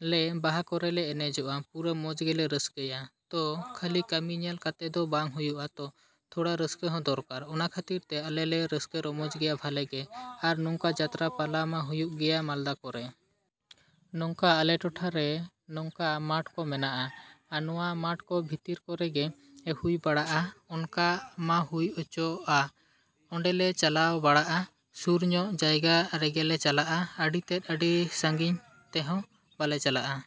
ᱞᱮ ᱵᱟᱦᱟ ᱠᱚᱨᱮ ᱞᱮ ᱮᱱᱮᱡᱚᱜᱼᱟ, ᱯᱩᱨᱟᱹ ᱢᱚᱡᱽ ᱜᱮᱞᱮ ᱨᱟᱹᱥᱠᱟᱹᱭᱼᱟ᱾ ᱛᱚ, ᱠᱷᱟᱹᱞᱤ ᱠᱟᱹᱢᱤ ᱧᱮᱞ ᱠᱟᱛᱮ ᱫᱚ ᱵᱟᱝ ᱦᱩᱭᱩᱜᱼᱟ ᱛᱚ, ᱛᱷᱚᱲᱟ ᱨᱟᱹᱥᱠᱟᱹ ᱦᱚᱸ ᱫᱚᱨᱠᱟᱨ᱾ ᱚᱱᱟ ᱠᱷᱟᱹᱛᱤᱨ ᱛᱮ ᱟᱞᱮ ᱞᱮ ᱨᱟᱹᱥᱠᱟᱹ ᱨᱚᱢᱚᱡ ᱜᱮᱭᱟ ᱵᱷᱟᱞᱮ ᱜᱮ᱾ ᱟᱨ ᱱᱚᱝᱠᱟ ᱡᱟᱛᱨᱟ ᱯᱟᱞᱟ ᱢᱟ ᱦᱩᱭᱩᱜ ᱜᱮᱭᱟ ᱢᱟᱞᱫᱟ ᱠᱚᱨᱮ᱾ ᱱᱚᱝᱠᱟ ᱟᱞᱮ ᱴᱚᱴᱷᱟ ᱨᱮ ᱱᱚᱝᱠᱟ ᱢᱟᱴᱷ ᱠᱚ ᱢᱮᱱᱟᱜᱼᱟ᱾ ᱱᱚᱣᱟ ᱢᱟᱴᱷ ᱠᱚ ᱵᱷᱤᱛᱨᱤ ᱠᱚᱨᱮ ᱜᱮ ᱦᱩᱭ ᱵᱟᱲᱟᱜᱼᱟ ᱚᱱᱠᱟ ᱢᱟᱱᱮ ᱦᱩᱭ ᱚᱪᱚ. ᱟ, ᱚᱸᱰᱮ ᱞᱮ ᱪᱟᱞᱟᱣ ᱵᱟᱲᱟᱜᱼᱟ᱾ ᱥᱩᱨ ᱧᱚᱜ ᱡᱟᱭᱜᱟ ᱨᱮᱜᱮᱞᱮ ᱪᱟᱞᱟᱜᱼᱟ ᱟᱹᱰᱤ ᱛᱮᱫ, ᱟᱹᱰᱤ ᱥᱟᱺᱜᱤᱧ ᱛᱮᱦᱚᱸ ᱵᱟᱞᱮ ᱪᱟᱞᱟᱜᱼᱟ᱾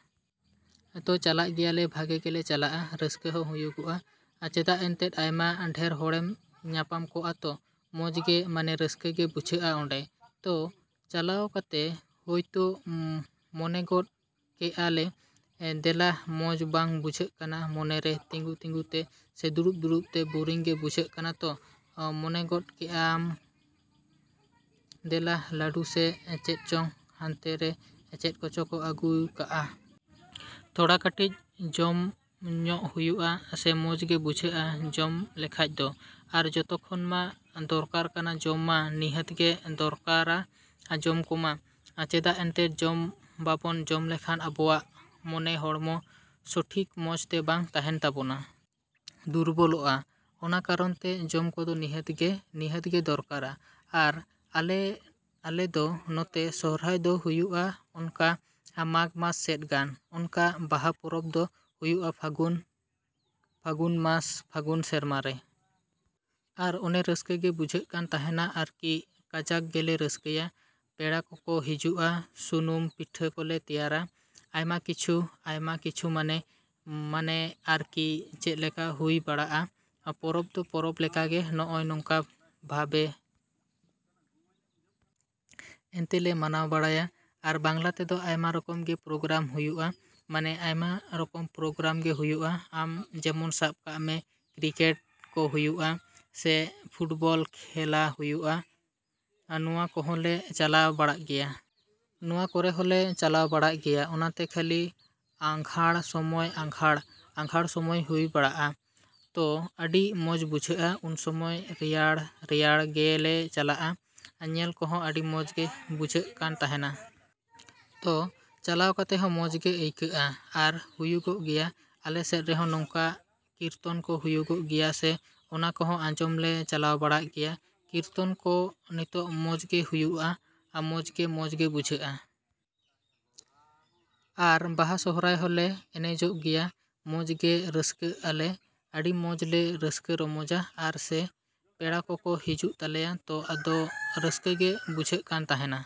ᱛᱚ, ᱪᱟᱞᱟᱜ ᱜᱮᱭᱟ ᱞᱮ ᱵᱷᱟᱜᱮ ᱜᱮᱞᱮ ᱪᱟᱞᱟᱜᱼᱟ, ᱨᱟᱹᱥᱠᱟᱹ ᱦᱚᱸ ᱦᱩᱭᱩᱜᱚᱜᱼᱟ᱾ ᱪᱮᱫᱟᱜ ᱮᱱᱛᱮᱫ ᱟᱭᱢᱟ ᱰᱷᱮᱨ ᱦᱚᱲᱮᱢ ᱧᱟᱯᱟᱢ ᱠᱚᱜᱼᱟ ᱛᱚ᱾ ᱢᱚᱡᱽ ᱜᱤ ᱢᱟᱱᱮ ᱨᱟᱹᱥᱠᱟᱹ ᱜᱮ ᱵᱩᱡᱷᱟᱹᱜᱼᱟ ᱚᱸᱰᱮ᱾ ᱛᱚ, ᱪᱟᱞᱟᱣ ᱠᱟᱛᱮ ᱦᱳᱭᱛᱳ ᱢᱚᱱᱮ ᱜᱚᱫ ᱠᱮᱜᱼᱟ ᱞᱮ ᱫᱮᱞᱟ ᱢᱚᱡᱽ ᱵᱟᱝ ᱵᱩᱡᱷᱟᱹᱜ ᱠᱟᱱᱟ ᱢᱚᱱᱮ ᱨᱮ ᱛᱤᱸᱜᱩ ᱛᱤᱸᱜᱩ ᱛᱮ ᱥᱮ ᱫᱩᱲᱩᱵ ᱫᱩᱲᱩᱵ ᱛᱮ ᱵᱳᱨᱤᱝ ᱜᱮ ᱵᱩᱡᱷᱟᱹᱜ ᱠᱟᱱᱟ ᱛᱚ, ᱢᱚᱱᱮ ᱜᱚᱫ ᱠᱮᱜᱼᱟ ᱟᱢ ᱫᱮᱞᱟ ᱞᱟᱹᱰᱩ ᱥᱮ ᱪᱮᱫ ᱪᱚᱝ ᱦᱟᱱᱛᱮ ᱨᱮ ᱪᱮᱫ ᱠᱚᱪᱚ ᱠᱚ ᱟᱹᱜᱩᱣ ᱠᱟᱜᱼᱟ? ᱛᱷᱚᱲᱟ ᱠᱟᱹᱴᱤᱡ ᱡᱚᱢ ᱧᱚᱜᱽ ᱦᱩᱭᱩᱜᱼᱟ ᱥᱮ ᱢᱚᱡᱽ ᱜᱮ ᱵᱩᱡᱷᱟᱹᱜᱼᱟ ᱡᱚᱢ ᱞᱮᱠᱷᱟᱡ ᱫᱚ᱾ ᱟᱨ ᱡᱚᱛᱚ ᱠᱷᱚᱱ ᱢᱟ ᱫᱚᱨᱠᱟᱨ ᱠᱟᱱᱟ ᱡᱚᱢ ᱢᱟ ᱱᱤᱦᱟᱹᱛ ᱜᱮ ᱫᱚᱨᱠᱟᱨᱟ ᱡᱚᱢ ᱠᱚᱢᱟ᱾ ᱪᱮᱫᱟᱜ ᱮᱱᱛᱮᱫ ᱡᱚᱢ ᱵᱟᱵᱚᱱ ᱡᱚᱢ ᱞᱮᱠᱷᱟᱡ ᱟᱵᱚᱣᱟᱜ ᱢᱟᱱᱮ ᱦᱚᱲᱢᱚ ᱥᱚᱴᱷᱤᱠ ᱢᱚᱡᱽ ᱛᱮ ᱵᱟᱝ ᱛᱟᱦᱮᱱ ᱛᱟᱵᱚᱱᱟ᱾ ᱫᱩᱨᱵᱚᱞᱚᱜᱼᱟ, ᱾ ᱚᱱᱟ ᱠᱟᱨᱚᱱ ᱛᱮ ᱡᱚᱢ ᱠᱚᱫᱚ ᱱᱤᱦᱟᱹᱛ ᱜᱮ, ᱱᱤᱦᱟᱹᱛ ᱜᱮ ᱫᱚᱨᱠᱟᱨᱟ᱾ ᱟᱨ ᱟᱞᱮ ᱫᱚ ᱱᱚᱛᱮ ᱥᱚᱦᱨᱟᱭ ᱫᱚ ᱦᱩᱭᱩᱜᱼᱟ ᱚᱱᱠᱟ ᱢᱟᱜᱽ ᱢᱟᱥ ᱥᱮᱫ ᱜᱟᱱ᱾ ᱚᱱᱠᱟ ᱵᱟᱦᱟ ᱯᱚᱨᱚᱵᱽ ᱫᱚ ᱦᱩᱭᱩᱜᱼᱟ ᱯᱷᱟᱹᱜᱩᱱ, ᱯᱷᱟᱹᱜᱩᱱ ᱢᱟᱥ ᱯᱷᱟᱹᱜᱩᱱ ᱥᱮᱨᱢᱟ ᱨᱮ᱾ ᱟᱨ ᱚᱱᱮ ᱨᱟᱹᱥᱠᱟᱹ ᱜᱮ ᱵᱩᱡᱷᱟᱹᱜ ᱠᱟᱱ ᱛᱟᱦᱮᱱᱟ ᱟᱨᱠᱤ ᱠᱟᱡᱟᱠ ᱜᱮᱞᱮ ᱨᱟᱹᱥᱠᱟᱹᱭᱟ᱾ ᱯᱮᱲᱟ ᱠᱚᱠᱚ ᱦᱟᱡᱩᱜᱼᱟ ᱥᱩᱱᱩᱢ ᱯᱤᱴᱷᱟᱹ ᱠᱚᱞᱮ ᱛᱮᱭᱟᱨᱟ᱾ ᱟᱭᱢᱟ ᱠᱤᱪᱷᱩ, ᱟᱭᱢᱟ ᱠᱤᱪᱷᱩ ᱢᱟᱱᱮ, ᱢᱟᱱᱮ ᱟᱨᱠᱤ ᱪᱮᱫᱞᱮᱠᱟ ᱦᱩᱭ ᱵᱟᱲᱟᱲᱜᱼᱟ᱾ ᱯᱚᱨᱚᱵᱽ ᱫᱚ ᱯᱚᱨᱚᱵᱽ ᱞᱮᱠᱟᱜᱮ ᱱᱚᱜᱼᱚᱸᱭ ᱱᱚᱝᱠᱟ ᱵᱷᱟᱵᱮ᱾ ᱮᱱᱛᱮ ᱞᱮ ᱢᱟᱱᱟᱣ ᱵᱟᱲᱟᱭᱟ᱾ ᱟᱨ ᱵᱟᱝᱞᱟ ᱛᱮᱫᱚ ᱟᱭᱢᱟ ᱨᱚᱠᱚᱢ ᱜᱤ ᱯᱨᱳᱜᱨᱟᱢ ᱦᱩᱭᱩᱜᱼᱟ᱾ ᱢᱟᱱᱮ ᱟᱭᱢᱟ ᱨᱚᱠᱚᱢ ᱯᱨᱳᱜᱨᱟᱢ ᱜᱮ ᱦᱩᱭᱩᱜᱼᱟ᱾ ᱟᱢ ᱡᱮᱢᱚᱱ ᱥᱟᱵ ᱠᱟᱜ ᱢᱮ ᱠᱨᱤᱠᱮᱴ ᱠᱚ ᱦᱩᱭᱩᱜᱚᱜᱼᱟ ᱥᱮ ᱯᱷᱩᱴᱵᱚᱞ ᱠᱷᱮᱞᱟ ᱦᱩᱭᱩᱜᱚᱜᱼᱟ, ᱱᱚᱣᱟ ᱠᱚᱦᱚᱸᱞᱮ ᱪᱟᱞᱟᱣ ᱵᱟᱲᱟᱜ ᱜᱮᱭᱟ᱾ ᱱᱚᱣᱟ ᱠᱚᱨᱮ ᱦᱚᱸᱞᱮ ᱪᱟᱞᱟᱣ ᱵᱟᱲᱟᱜ ᱜᱮᱭᱟ᱾ ᱚᱱᱟ ᱫᱚ ᱠᱷᱟᱹᱞᱤ ᱟᱸᱜᱷᱟᱸᱬ ᱥᱚᱢᱚᱭ ᱟᱸᱜᱷᱟᱸᱬ, ᱟᱸᱜᱷᱟᱬ ᱥᱚᱢᱚᱭ ᱦᱩᱭ ᱵᱟᱲᱟᱜᱼᱟ᱾ ᱛᱚ, ᱟᱹᱰᱤ ᱢᱚᱡᱽ ᱵᱩᱡᱷᱟᱹᱜᱼᱟ ᱩᱱ ᱥᱚᱢᱚᱭ ᱨᱮᱭᱟᱲ, ᱨᱮᱭᱟᱲ ᱜᱮ ᱞᱮ ᱪᱟᱞᱟᱜᱼᱟ᱾ ᱧᱮᱞ ᱠᱚᱦᱚᱸ ᱟᱹᱰᱤ ᱢᱚᱡᱽ ᱜᱮ ᱵᱩᱡᱷᱟᱹᱜ ᱠᱟᱱ ᱛᱟᱦᱮᱱᱟ᱾ ᱛᱚ, ᱪᱟᱞᱟᱣ ᱠᱟᱛᱮ ᱦᱚᱸ ᱢᱚᱡᱽ ᱜᱮ ᱟᱹᱭᱠᱟᱹᱜᱼᱟ᱾ ᱟᱨ ᱦᱩᱭᱩᱜᱚᱜ ᱜᱮᱭᱟ ᱟᱞᱮ ᱥᱮᱫ ᱨᱮᱦᱚᱸ ᱱᱚᱝᱠᱟ ᱠᱤᱨᱛᱚᱱ ᱠᱚ ᱦᱩᱭᱩᱜᱚᱜ ᱜᱮᱭᱟ, ᱥᱮ ᱚᱱᱟ ᱠᱚᱦᱚᱸ ᱟᱸᱡᱚᱢ ᱞᱮ ᱪᱟᱞᱟᱣ ᱵᱟᱲᱟᱜ ᱜᱮᱭᱟ᱾ ᱠᱤᱨᱛᱚᱱ ᱠᱚ ᱱᱤᱛᱚᱜ ᱢᱚᱡᱽ ᱜᱮ ᱦᱩᱭᱩᱜᱚᱜᱼᱟ, ᱢᱚᱡᱽ ᱜᱮ ᱢᱚᱡᱽ ᱜᱮ ᱵᱩᱡᱷᱟᱹᱜᱼᱟ᱾ ᱟᱨ ᱵᱟᱦᱟ ᱥᱚᱨᱦᱟᱭ ᱦᱚᱸᱞᱮ ᱮᱱᱮᱡᱚᱜ ᱜᱮᱭᱟ ᱢᱚᱡᱽ ᱜᱮ ᱨᱟᱹᱥᱠᱟᱹᱜ ᱟᱞᱮ, ᱟᱹᱰᱤ ᱢᱚᱡᱽ ᱞᱮ ᱨᱟᱹᱥᱠᱟᱹ ᱨᱚᱢᱚᱡᱚᱜᱼᱟ᱾ ᱟᱨ ᱥᱮ ᱯᱮᱲᱟ ᱠᱚᱠᱚ ᱦᱟᱡᱩᱜ ᱛᱟᱞᱮᱭᱟ ᱛᱚ ᱟᱫᱚ ᱨᱟᱹᱥᱠᱟᱹ ᱜᱮ ᱵᱩᱡᱷᱟᱹᱜ ᱠᱟᱱ ᱛᱟᱦᱮᱱᱟ᱾।